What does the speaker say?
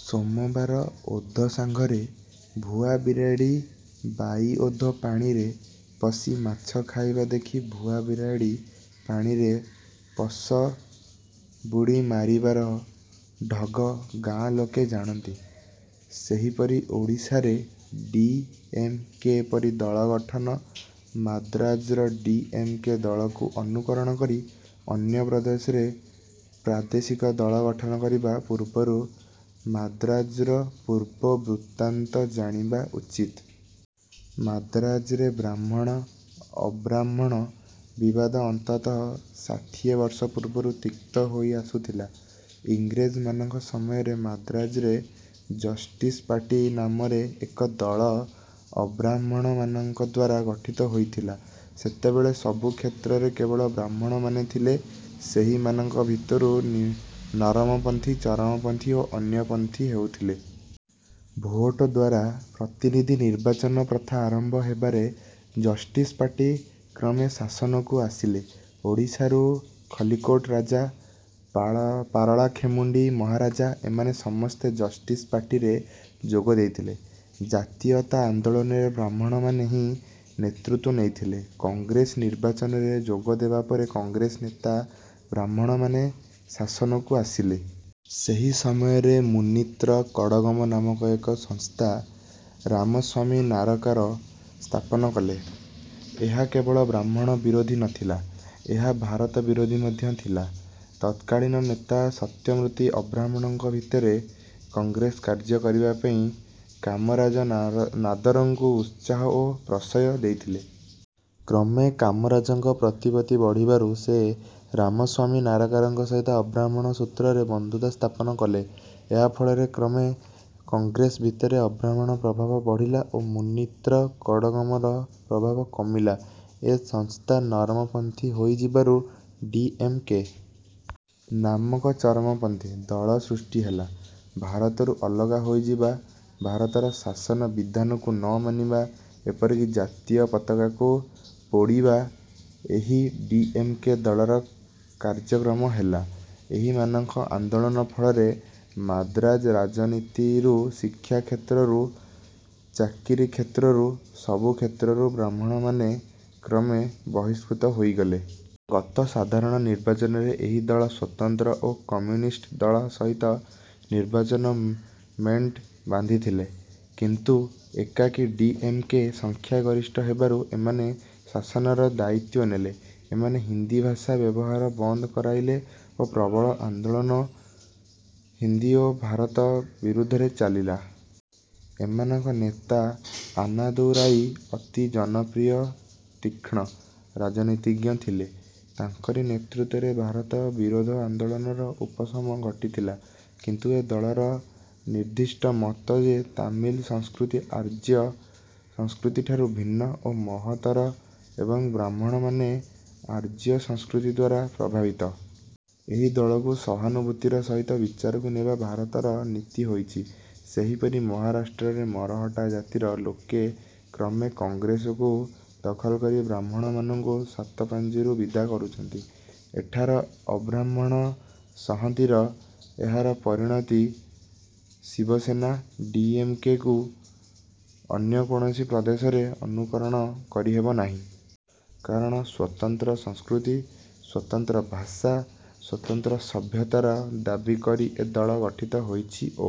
ସୋମବାର ଓଧ ସାଙ୍ଗରେ ଭୁଆ ବିରାଡ଼ି ବାଇ ଓଧ ପାଣିରେ ପଶି ମାଛ ଖାଇବା ଦେଖି ଭୁଆ ବିରାଡ଼ି ପାଣିରେ ପଶ ବୁଡ଼ି ମରିବାର ଢଗ ଗାଁ ଲୋକେ ଜାଣନ୍ତି। ସେହିପରି ଓଡ଼ିଶାରେ ଡି: ଏମ: କେ: ପରି ଦଳ ଗଠନ, ମାନ୍ଦ୍ରାଜର ଡି: ଏମ: କେ ଦଳକୁ ଅନୁକରଣ କରି ଅନ୍ୟ ପ୍ରଦେଶରେ ପ୍ରାଦେଶିକ ଦଳ ଗଠନ କରିବା ପୂର୍ବରୁ ମାନ୍ଦ୍ରାଜର ପୂର୍ବ ବୃତ୍ତାନ୍ତ ଜାଣିବା ଉଚିତ। ମାନ୍ଦ୍ରାଜରେ ବ୍ରାହ୍ମଣ ଅବ୍ରାହ୍ମଣ ବିବାଦ ଅନ୍ତତଃ ଷାଠିଏ ବର୍ଷ ପୂର୍ବରୁ ତିକ୍ତ ହୋଇଆସୁଥିଲା। ଇଂରେଜମାନଙ୍କ ସମୟରେ ମାନ୍ଦ୍ରାଜରେ ଜଷ୍ଟିସ ପାର୍ଟି ନାମରେ ଏକ ଦଳ ଅବ୍ରାହ୍ମଣମାନଙ୍କଦ୍ୱାରା ଗଠିତ ହୋଇଥିଲା। ସେତେବେଳେ ସବୁ କ୍ଷେତ୍ରରେ କେବଳ ବ୍ରାହ୍ମଣମାନେ ଥିଲେ। ସେହିମାନଙ୍କ ଭିତରୁ ନରମପନ୍ଥୀ, ଚରମପନ୍ଥୀ ଓ ଅନ୍ୟ ପନ୍ଥୀ ହେଉଥିଲେ। ଭୋଟଦ୍ୱାରା ପ୍ରତିନିଧି ନିର୍ବାଚନ ପ୍ରଥା ଆରମ୍ଭ ହେବାରେ ଜଷ୍ଟିସ ପାର୍ଟି କ୍ରମେ ଶାସନକୁ ଆସିଲେ। ଓଡ଼ିଶାରୁ ଖଲିକୋଟ ରାଜା, ପାରଳାଖେମୁଣ୍ଡି ମହାରାଜା ଏମାନେ ସମସ୍ତେ ଜଷ୍ଟିସ ପାର୍ଟିରେ ଯୋଗ ଦେଇଥିଲେ। ଜାତୀୟତା ଆନ୍ଦୋଳନରେ ବ୍ରାହ୍ମଣମାନେ ହିଁ ନେତୃତ୍ୱ ନେଇଥିଲେ। କଂଗ୍ରେସ ନିର୍ବାଚନରେ ଯୋଗ ଦେବା ପରେ କଂଗ୍ରେସ ନେତା ବ୍ରାହ୍ମଣମାନେ ଶାସନକୁ ଆସିଲେ। ସେହି ସମୟରେ ମୁନିତ୍ର କଡ଼ଗମ ନାମକ ଏକ ସଂସ୍ଥା ରାମସ୍ୱାମୀ ନାରକାର ସ୍ଥାପନ କଲେ। ଏହା କେବଳ ବ୍ରାହ୍ମଣ ବିରୋଧୀ ନଥିଲା, ଏହା ଭାରତ ବିରୋଧୀ ମଧ୍ୟ ଥିଲା। ତତ୍କାଳୀନ ନେତା ସତ୍ୟମୂର୍ତ୍ତି ଅବ୍ରାହ୍ମଣମାନଙ୍କ ଭିତରେ କଂଗ୍ରେସ କାର୍ଯ୍ୟ କରିବାପାଇଁ କାମରାଜ ନାଦରଙ୍କୁ ଉତ୍ସାହ ଓ ପ୍ରଶ୍ରୟ ଦେଇଥିଲେ। କ୍ରମେ କାମରାଜଙ୍କ ପ୍ରତିପତ୍ତି ବଢ଼ିବାରୁ ସେ ରାମସ୍ୱାମୀ ନାରକାରଙ୍କ ସହିତ ଅବ୍ରାହ୍ମଣ ସୂତ୍ରରେ ବନ୍ଧୁତା ସ୍ଥାପନ କଲେ। ଏହା ଫଳରେ କ୍ରମେ କଂଗ୍ରେସ ଭିତରେ ଅବ୍ରାହ୍ମଣ ପ୍ରଭାବ ବଢ଼ିଲା ଓ ମୁନିତ୍ର କଡ଼ଗମର ପ୍ରଭାବ କମିଲା। ଏ ସଂସ୍ଥା ନରମପନ୍ଥୀ ହୋଇଯିବାରୁ ଡି. ଏମ. କେ. ନାମକ ଚରମପନ୍ଥୀ ଦଳ ସୃଷ୍ଟି ହେଲା। ଭାରତରୁ ଅଲଗା ହୋଇଯିବା, ଭାରତର ଶାସନ ବିଧାନକୁ ନ ମାନିବା, ଏପରିକି ଜାତୀୟ ପତାକାକୁ ପୋଡ଼ିବା ଏହି ଡି. ଏମ. କେ. ଦଳର କାର୍ଯ୍ୟକ୍ରମ ହେଲା। ଏହିମାନଙ୍କ ଆନ୍ଦୋଳନ ଫଳରେ ମାନ୍ଦ୍ରାଜ ରାଜନୀତିରୁ ଶିକ୍ଷାକ୍ଷେତ୍ରରୁ ଚାକିରି କ୍ଷେତ୍ରରୁ, ସବୁ କ୍ଷେତ୍ରରୁ ବ୍ରାହ୍ମଣମାନେ କ୍ରମେ ବହିଷ୍କୃତ ହୋଇଗଲେ। ଗତ ସାଧାରଣ ନିର୍ବାଚନରେ ଏହି ଦଳ ସ୍ୱତନ୍ତ୍ର ଓ କମ୍ୟୁନିଷ୍ଟ ଦଳ ସହିତ ନିର୍ବାଚନ ମେଣ୍ଟ ବାନ୍ଧିଥିଲେ; କିନ୍ତୁ ଏକାକୀ ଡି. ଏମ. କେ. ସଂଖ୍ୟାଗରିଷ୍ଠ ହେବାରୁ ଏମାନେ ଶାସନର ଦାୟିତ୍ୱ ନେଲେ। ଏମାନେ ହିନ୍ଦୀ ଭାଷା ବ୍ୟବହାର ବନ୍ଦ କରାଇଲେ ଓ ପ୍ରବଳ ଆନ୍ଦୋଳନ ହିନ୍ଦୀ ଓ ଭାରତ ବିରୁଦ୍ଧରେ ଚାଲିଲା। ଏମାନଙ୍କ ନେତା ଆନାଦୁରାଇ ଅତି ଜନପ୍ରିୟ ତୀକ୍ଷ୍ଣ ରାଜନୀତିଜ୍ଞ ଥିଲେ। ତାଙ୍କରି ନେତୃତ୍ୱରେ ଭାରତ ବିରୋଧ ଆନ୍ଦୋଳନର ଉପସମ ଘଟିଥିଲା; କିନ୍ତୁ ଏ ଦଳର ନିର୍ଦ୍ଦିଷ୍ଟ ମତ ଯେ ତାମିଲ ସଂସ୍କୃତି ଆର୍ଯ୍ୟ ସଂସ୍କୃତିଠାରୁ ଭିନ୍ନ ଓ ମହତ୍ତର ଏବଂ ବ୍ରାହ୍ମଣମାନେ ଆର୍ଯ୍ୟ ସଂସ୍କୃତିଦ୍ୱାରା ପ୍ରଭାବିତ। ଏହି ଦଳକୁ ସହାନୁଭୂତିର ସହିତ ବିଚାରକୁ ନେବା ଭାରତର ନୀତି ହୋଇଛି। ସେହିପରି ମହାରାଷ୍ଟ୍ରରେ ମରହଟ୍ଟା ଜାତିର ଲୋକେ କ୍ରମେ କଂଗ୍ରେସକୁ ଦଖଲକରି ବ୍ରାହ୍ମଣମାନଙ୍କୁ ସାତପାଞ୍ଜିରୁ ବିଦା କରିଛନ୍ତି। ଏଠାର ଅବ୍ରାହ୍ମଣ ସଂହତିର ଏହାର ପରିଣତି 'ଶିବସେନା', ଡି. ଏମ. କେ. କୁ ଅନ୍ୟ କୌଣସି ପ୍ରଦେଶରେ ଅନୁକରଣ କରିହେବ ନାହିଁ। କାରଣ ସ୍ୱତନ୍ତ୍ର ସଂସ୍କୃତି, ସ୍ୱତନ୍ତ୍ର ଭାଷା, ସ୍ୱତନ୍ତ୍ର ସଭ୍ୟତାର ଦାବି କରି ଏ ଦଳ ଗଠିତ ହୋଇଛି ଓ